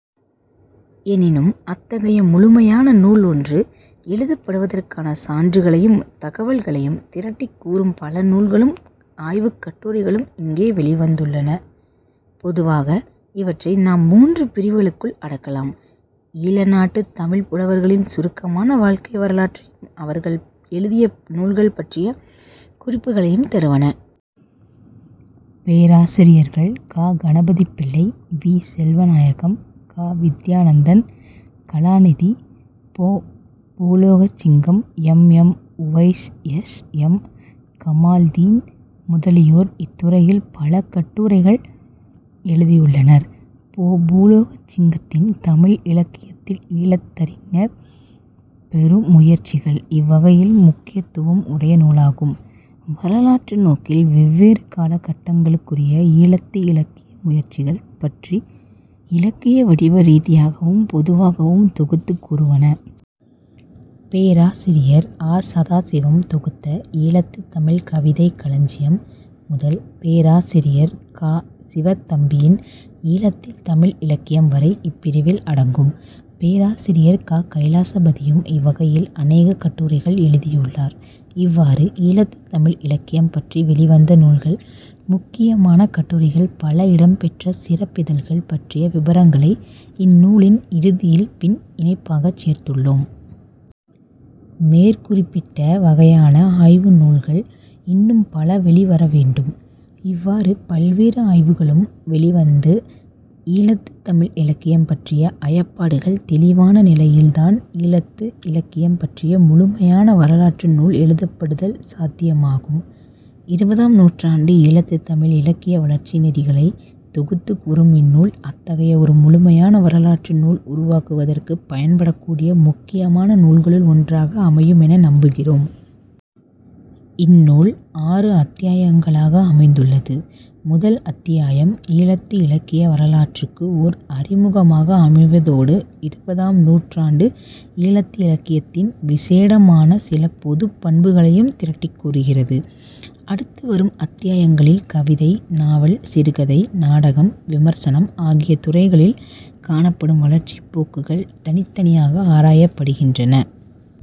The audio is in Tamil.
எனினும் அத்தகைய முழுமையான நூல் ஒன்று எழுதப்படுவதற்கான சான்றுகளையும், தகவல்களையும் திரட்டிக் கூறும் பல நூல்களும் ஆய்வுக் கட்டுரைகளும் இங்கே வௌிவந்துள்ளன. பொதுவாக இவற்றை நாம் மூன்று பிரிவுகளுக்குள் அடக்கலாம்.. ஈழநாட்டுத் தமிழ்ப் புலவர்களின் சுருக்கமான வாழ்க்கை வரலாற்றையும், அவர்கள் எழுதிய நூல்கள் பற்றிய குறிப்புகளையும் தருவன. பேராசிரியர்கள் க. கணபதிப்பிள்ளை, வி. செல்வநாயகம், சு. வித்தியானந்தன், கலாநிதி பொ. Poologasingam, M. M. Uwise, S. M. Kamaldeen முதலியோர் இத்துறையில் பல கட்டுரைகள் எழுதியுள்ளனர். பொ. பூலோகசிங்கத்தின் 'தமிழ் இலக்கியத்தில் ஈழத்தறிஞர் பெரு முயற்சிகள்' இவ்வகையில் முக்கியத்துவம் உடைய நூலாகும்.. வரலாற்று நோக்கில் வெவ்வேறு கால கட்டங்களுக்குரிய ஈழத்து இலக்கிய முயற்சிகள் பற்றி இலக்கியவடிவ ரீதியாகவும் பொதுவாகவும் தொகுத்துக் கூறுவன. பேராசிரியர். ஆ. சதாசிவம் தொகுத்த 'ஈழத்துத் தமிழ் கவிதைக் களஞ்சியம் ' முதல், பேராசிரியர் கா. சிவத்தம்பியின் ஈழத்தில் தமிழ் இலக்கியம் வரை இப்பிரிவில் அடங்கும். பேராசிரியர் க. கைலாசபதியும் இவ்வகையில் அநேக கட்டுரைகள்எழுதியுள்ளார். இவ்வாறு, ஈழத்துத் தமிழ் இலக்கியம் பற்றி வௌிவந்த நூல்கள், முக்கியமான கட்டுரைகள் பல இடம்பெற்ற சிறப்பிதழ்கள் பற்றிய விபரங்களை இந்நூலின் இறுதியில் பின் இணைப்பாகச் சேர்த்துள்ளோம். மேற்குறிப்பிட்ட வகையான ஆய்வு நூல்கள் இன்னும் பல வௌிவர வேண்டும். இவ்வாறு பல்வேறு ஆய்வுகளூம் வௌிவந்து ஈழத்துத் தமிழ் இலக்கியம் பற்றிய ஐயப்பாடுகள் தௌிவான நிலையில்தான் ஈழத்து இலக்கியம் பற்றிய முழுமையான வரலாற்று நூல் எழுதப்படுதல் சாத்தியமாகும். இருபதாம் நூற்றாண்டு ஈழத்து தமிழ் இலக்கிய வளர்ச்சி நெறிகளைத் தொகுத்துக் கூறும் இந்நூல் அத்தகைய ஒரு முழுமையான வரலாற்று நூல் உருவாகுவதற்குப் பயன்படக்கூடிய முக்கியமான நூல்களுள் ஒன்றாக அமையும் என நம்புகிறோம். இந்நூல் ஆறு அத்தியாயங்களாக அமைந்துள்ளது. முதல் அத்தியாயம் ஈழத்து இலக்கிய வரலாற்றுக்கு ஓர் அறிமுகமாக அமைவதோடு, இருபதாம் நூற்றாண்டு ஈழத்து இலக்கியத்தின் விசேடமான சில பொதுப் பண்புகளையும் திரட்டிக் கூறுகிறது. அடுத்துவரும் அத்தியாங்களில் கவிதை, நாவல், சிறுகதை, நாடகம், விமர்சனம் ஆகிய துறைகளில் காணப்படும் வளர்ச்சிப் போக்குகள் தனித்தனியாக ஆராயப்படுகின்றன.